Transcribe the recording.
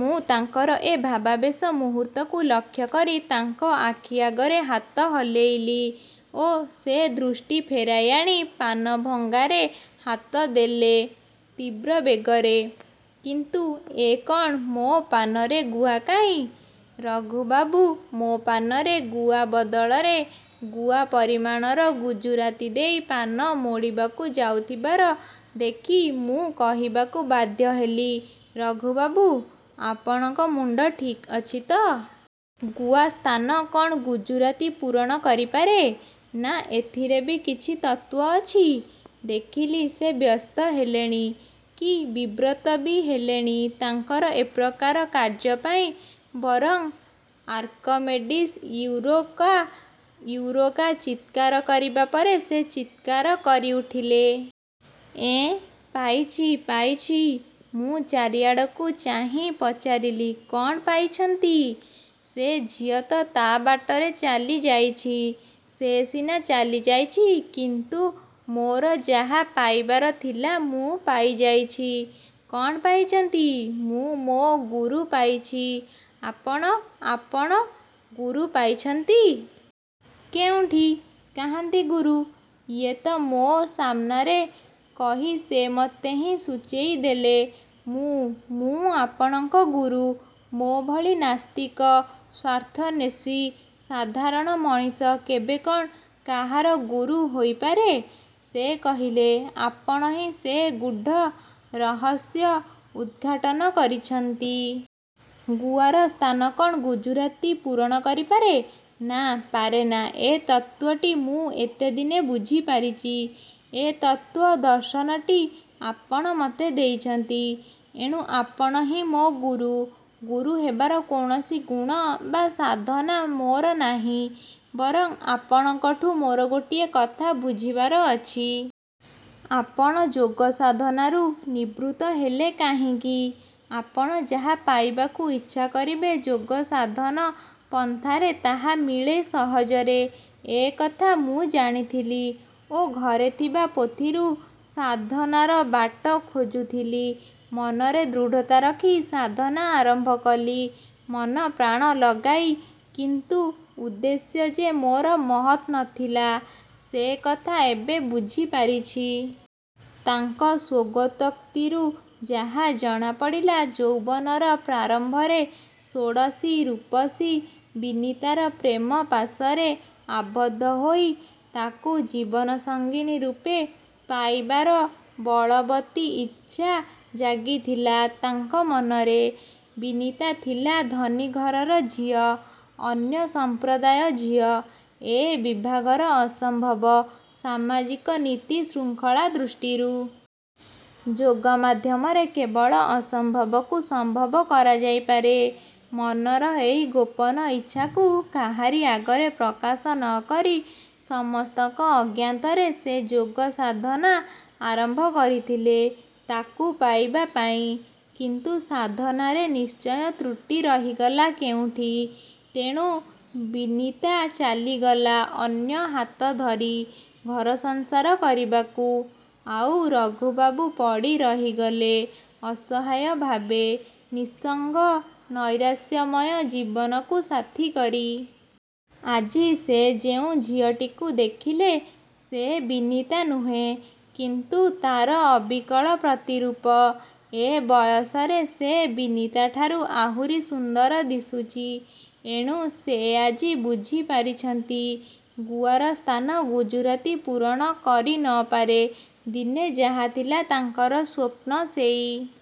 ମୁଁ ତାଙ୍କର ଏ ଭାବାବେଶ ମୁହୂର୍ତ୍ତକୁ ଲକ୍ଷ୍ୟ କରି ତାଙ୍କ ଆଖି ଆଗରେ ହାତ ହଲେଇଲି ଓ ସେ ଦୃଷ୍ଟି ଫେରାଇ ଆଣି ପାନଭଙ୍ଗାରେ ହାତ ଦେଲେ ତୀବ୍ର ବେଗରେ। କିନ୍ତୁ ଏ କ'ଣ, ମୋ'ପାନରେ ଗୁଆ କାହିଁ? ରଘୁବାବୁ ମୋ' ପାନରେ ଗୁଆ ବଦଳରେ ଗୁଆ ପରିମାଣର ଗୁଜୁରାତି ଦେଇ ପାନ ମୋଡ଼ିବାକୁ ଯାଉଥିବାର ଦେଖି ମୁଁ କହିବାକୁ ବାଧ୍ୟ ହେଲି-ରଘୁବାବୁ, ଆପଣଙ୍କ ମୁଣ୍ଡ ଠିକ୍ ଅଛି ତ? ଗୁଆ ସ୍ଥାନ କ'ଣ ଗୁଜୁରାତି ପୂରଣ କରିପାରେ? ନା ଏଥିରେ ବି କିଛି ତତ୍ତ୍ଵ ଅଛି? ଦେଖିଲି ସେ ବ୍ୟସ୍ତ ହେଲେନି କି ବିବ୍ରତ ବି ହେଲେନି ତାଙ୍କର ଏପ୍ରକାର କାର୍ଯ୍ୟ ପାଇଁ। ବରଂ ଆର୍କମେଡ଼ିସ୍ ୟୁରୋକା ୟୁରୋକା ଚିତ୍କାର କରିବା ପରି ସେ ଚିତ୍କାର କରିଉଠିଲେ ଏଁ ପାଇଛି ପାଇଛି। ମୁଁ ଚାରିଆଡ଼କୁ ଚାହିଁ ପଚାରିଲି-କ'ଣ ପାଇଛନ୍ତି? ସେ ଝିଅତ ତା' ବାଟରେ ଚାଲିଯାଇଛି। ସେ ସିନା ଚାଲିଯାଇଛି କିନ୍ତୁ ମୋର ଯାହା ପାଇବାର ଥିଲା ମୁଁ ପାଇଯାଇଛି। କ'ଣ ପାଇଛନ୍ତି? ମୁଁ ମୋ' ଗୁରୁ ପାଇଛି। ଆପଣ ଆପଣ ଗୁରୁ ପାଇଛନ୍ତି? କେଉଁଠି? କାହାନ୍ତି ଗୁରୁ? 'ଏଇ ତ ମୋ' ସାମନାରେ'-କହି ସେ ମୋତେ ହିଁ ସୂଚେଇ ଦେଲେ। ମୁଁ ମୁଁ ଆପଣଙ୍କ ଗୁରୁ? ମୋ'ଭଳି ନାସ୍ତିକ, ସ୍ଵାର୍ଥନ୍ଵେଷୀ, ସାଧାରଣ ମଣିଷ କେବେ କ'ଣ କାହାର ଗୁରୁ ହୋଇପାରେ? ସେ କହିଲେ-ଆପଣ ହିଁ ସେ ଗୂଢ଼ ରହସ୍ୟ ଉଦ୍ଘାଟନ କରିଛନ୍ତି। ଗୁଆର ସ୍ଥାନ କ'ଣ ଗୁଜୁରାତି ପୂରଣ କରିପାରେ? ନା, ପାରେନା। ଏ ତତ୍ତ୍ଵଟି ମୁଁ ଏତେଦିନେ ବୁଝିପାରିଛି। ଏ ତତ୍ତ୍ଵ, ଦର୍ଶନଟି ଆପଣ ମୋତେ ଦେଇଛନ୍ତି। ଏଣୁ ଆପଣ ହିଁ ମୋର ଗୁରୁ। ଗୁରୁ ହେବାର କୌଣସି ଗୁଣ ବା ସାଧନା ମୋର ନାହିଁ। ବରଂ ଆପଣଙ୍କଠୁଁ ମୋର ଗୋଟିଏ କଥା ବୁଝିବାର ଅଛି। ଆପଣ ଯୋଗ ସାଧନାରୁ ନିବୃତ୍ତ ହେଲେ କାହିଁକି? ଆପଣ ଯାହା ପାଇବାକୁ ଇଚ୍ଛା କରିବେ ଯୋଗସାଧନ ପନ୍ଥାରେ ତାହା ମିଳେ ସହଜରେ-ଏ କଥା ମୁଁ ଜାଣିଥିଲି ଓ ଘରେ ଥିବା ପୋଥିରୁ ସାଧନାର ବାଟ ଖୋଜୁଥିଲି। ମନରେ ଦୃଢ଼ତା ରଖି ସାଧନା ଆରମ୍ଭ କଲି-ମନ ପ୍ରାଣ ଲଗାଇ, କିନ୍ତୁ ଉଦ୍ଦେଶ୍ୟ ଯେ ମୋର ମହତ ନଥିଲା ସେ କଥା ଏବେ ବୁଝିପାରିଛି। ତାଙ୍କ ସ୍ଵଗୋତୋକ୍ତିରୁ ଯାହା ଜଣାପଡ଼ିଲା-ଯୌବନର ପ୍ରାରମ୍ଭରେ ଷୋଡ଼ଶୀ ରୂପସୀ ବିନିତାର ପ୍ରେମ ପାଶରେ ଆବଦ୍ଧ ହୋଇ ତାକୁ ଜୀବନସଙ୍ଗିନୀ ରୂପେ ପାଇବାର ବଳବତୀ ଇଚ୍ଛା ଜାଗିଥିଲା ତାଙ୍କ ମନରେ। ବିନିତା ଥିଲା ଧନୀ ଘରର ଝିଅ, ଅନ୍ୟ ସମ୍ପ୍ରଦାୟ ଝିଅ। ଏ ବିଭାଘର ଅସମ୍ଭବ ସାମାଜିକ ନୀତି ଶୃଙ୍ଖଳା ଦୃଷ୍ଟିରୁ। ଯୋଗ ମାଧ୍ୟମରେ କେବଳ ଅସମ୍ଭବକୁ ସମ୍ଭବ କରାଯାଇପାରେ। ମନର ଏଇ ଗୋପନ ଇଚ୍ଛାକୁ କାହାରି ଆଗରେ ପ୍ରକାଶ ନକରି ସମସ୍ତଙ୍କ ଅଜ୍ଞାତରେ ସେ ଯୋଗ ସାଧନା ଆରମ୍ଭ କରିଥିଲେ ତାକୁ ପାଇବା ପାଇଁ; କିନ୍ତୁ ସାଧନାରେ ନିଶ୍ଚୟ ତ୍ରୁଟି ରହିଗଲା କେଉଁଠି, ତେଣୁ ବିନିତା ଚାଲିଗଲା ଅନ୍ୟ ହାତଧରି ଘରସଂସାର କରିବାକୁ ଆଉ ରଘୁବାବୁ ପଡ଼ି ରହିଗଲେ ଅସହାୟ ଭାବେ ନିଃସଙ୍ଗ, ନୈରାଶ୍ୟମୟ ଜୀବନକୁ ସାଥିକରି। ଆଜି ସେ ଯେଉଁ ଝିଅଟିକୁ ଦେଖିଲେ ସେ ବିନିତା ନୁହେଁ କିନ୍ତୁ ତା'ର ଅବିକଳ ପ୍ରତିରୂପ। ଏ ବୟସରେ ସେ ବିନିତାଠାରୁ ଆହୁରି ସୁନ୍ଦର ଦିଶୁଛି। ଏଣୁ ସେ ଆଜି ବୁଝିପାରିଛନ୍ତି ଗୁଆର ସ୍ଥାନ ଗୁଜୁରାତି ପୂରଣ କରିନପାରେ। ଦିନେ ଯାହାଥିଲା ତାଙ୍କର ସ୍ଵପ୍ନ ସେଇ